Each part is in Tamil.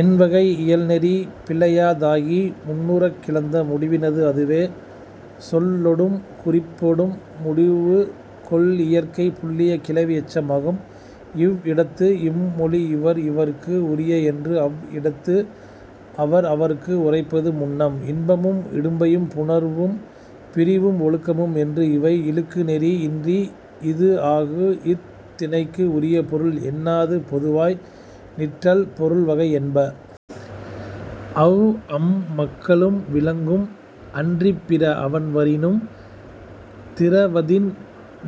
எண் வகை இயல் நெறி பிழையாதாகி முன்னுறக் கிளந்த முடிவினது அதுவே. சொல்லொடும் குறிப்பொடும் முடிவு கொள் இயற்கை புல்லிய கிளவி எச்சம் ஆகும். இவ் இடத்து இம் மொழி இவர் இவர்க்கு உரிய என்று அவ் இடத்து அவர் அவர்க்கு உரைப்பது முன்னம். இன்பமும் இடும்பையும் புணர்வும் பிரிவும் ஒழுக்கமும் என்று இவை இழுக்கு நெறி இன்றி இது ஆகு இத் திணைக்கு உரிப் பொருள் என்னாது பொதுவாய் நிற்றல் பொருள் வகை என்ப. அவ் அம் மக்களும் விலங்கும் அன்றிப் பிற அவண் வரினும் திறவதின்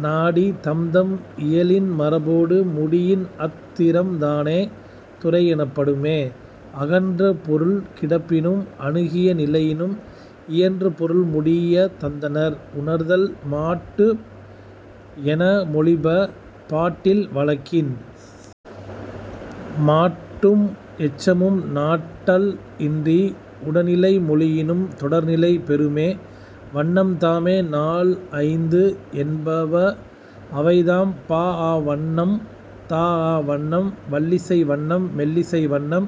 நாடி தம்தம் இயலின் மரபொடு முடியின் அத் திறம்தானே துறை எனப்படுமே. அகன்று பொருள் கிடப்பினும் அணுகிய நிலையினும் இயன்று பொருள் முடிய தந்தனர் உணர்த்தல் மாட்டு என மொழிப பாட்டியல் வழக்கின். மாட்டும் எச்சமும் நாட்டல் இன்றி உடனிலை மொழியினும் தொடர்நிலை பெறுமே. வண்ணம்தாமே நால் ஐந்து என்ப. அவைதாம், பாஅ வண்ணம் தாஅ வண்ணம் வல்லிசை வண்ணம் மெல்லிசை வண்ணம்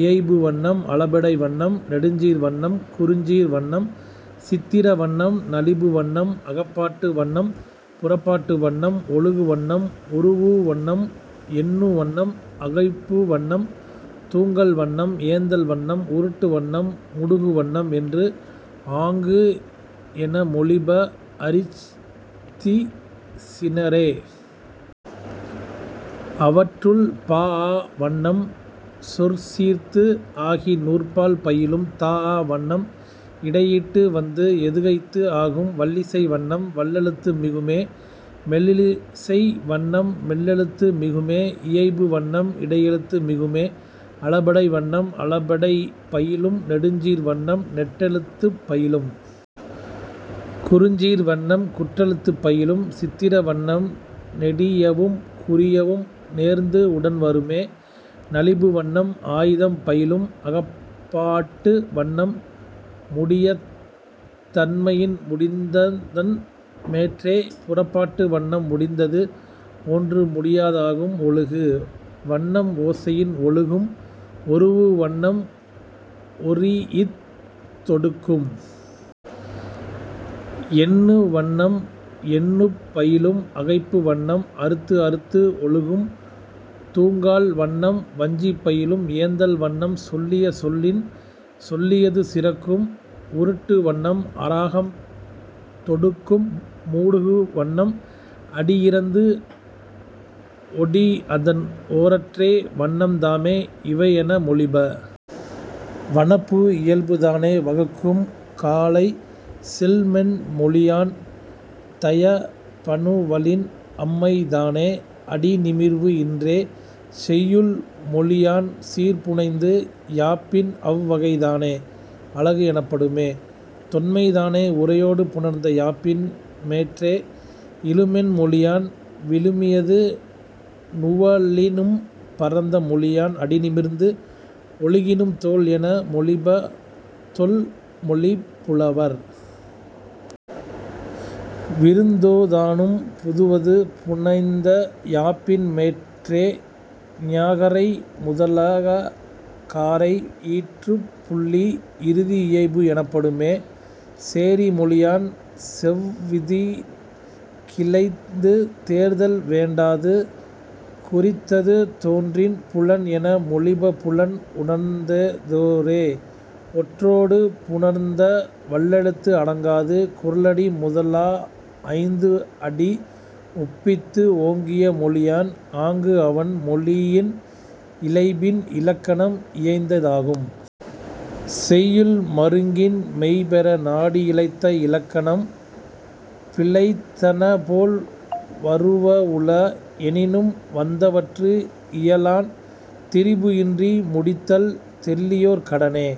இயைபு வண்ணம் அளபெடை வண்ணம் நெடுஞ்சீர் வண்ணம் குறுஞ்சீர் வண்ணம் சித்திர வண்ணம் நலிபு வண்ணம் அகப்பாட்டு வண்ணம் புறப்பாட்டு வண்ணம் ஒழுகு வண்ணம் ஒரூஉ வண்ணம் எண்ணு வண்ணம் அகைப்பு வண்ணம் தூங்கல் வண்ணம் ஏந்தல் வண்ணம் உருட்டு வண்ணம் முடுகு வண்ணம் என்று ஆங்கு என மொழிப அறிந்திசினோரே. அவற்றுள், பாஅ வண்ணம் சொற்சீர்த்து ஆகி நூற்பால் பயிலும். தாஅ வண்ணம் இடையிட்டு வந்த எதுகைத்து ஆகும். வல்லிசை வண்ணம் வல்லெழுத்து மிகுமே. மெல்லிசை வண்ணம் மெல்லெழுத்து மிகுமே. இயைபு வண்ணம் இடையெழுத்து மிகுமே. அளபெடை வண்ணம் அளபெடை பயிலும். நெடுஞ்சீர் வண்ணம் நெட்டெழுத்துப் பயிலும். குறுஞ்சீர் வண்ணம் குற்றெழுத்துப் பயிலும். சித்திர வண்ணம் நெடியவும் குறியவும் நேர்ந்து உடன் வருமே. நலிபு வண்ணம் ஆய்தம் பயிலும். அகப்பாட்டு வண்ணம் முடியாத் தன்மையின் முடிந்ததன் மேற்றே. புறப்பாட்டு வண்ணம் முடிந்தது போன்று முடியாதாகும். ஒழுகு வண்ணம் ஓசையின் ஒழுகும். ஒரூஉ வண்ணம் ஒரீஇத் தொடுக்கும். எண்ணு வண்ணம் எண்ணுப் பயிலும். அகைப்பு வண்ணம் அறுத்து அறுத்து ஒழுகும். தூங்கல் வண்ணம் வஞ்சி பயிலும். ஏந்தல் வண்ணம் சொல்லிய சொல்லின் சொல்லியது சிறக்கும். உருட்டு வண்ணம் அராகம் தொடுக்கும். முடுகு வண்ணம் அடி இறந்து ஓடி அதன் ஓரற்றே. வண்ணம்தாமே இவை என மொழிப. வனப்பு இயல்தானே வகுக்கும் காலை சில் மென் மொழியான் தாய பனுவலின் அம்மைதானே அடி நிமிர்வு இன்றே. செய்யுள் மொழியான் சீர் புனைந்து யாப்பின் அவ் வகைதானே அழகு எனப்படுமே. தொன்மைதானே உரையொடு புணர்ந்த யாப்பின் மேற்றே. இழுமென் மொழியான் விழுமியது நுவலினும் பரந்த மொழியான் அடி நிமிர்ந்து ஒழுகினும் தோல் என மொழிப தொல் மொழிப் புலவர். விருந்தேதானும் புதுவது புனைந்த யாப்பின் மேற்றே. ஞகாரை முதலா ளகாரை ஈற்றுப் புள்ளி இறுதி இயைபு எனப்படுமே. சேரி மொழியான் செவ்விதின் கிளந்து தேர்தல் வேண்டாது குறித்தது தோன்றின் புலன் என மொழிப புலன் உணர்ந்தோரே. ஒற்றொடு புணர்ந்த வல்லெழுத்து அடங்காது குறளடி முதலா ஐந்து அடி ஒப்பித்து ஓங்கிய மொழியான் ஆங்கு அவண் மொழியின் இழைபின் இலக்கணம் இயைந்ததாகும். செய்யுள் மருங்கின் மெய் பெற நாடி இழைத்த இலக்கணம் பிழைத்தன போல வருவ உள எனினும் வந்தவற்று இயலான் திரிபு இன்றி முடித்தல் தெள்ளியோர் கடனே..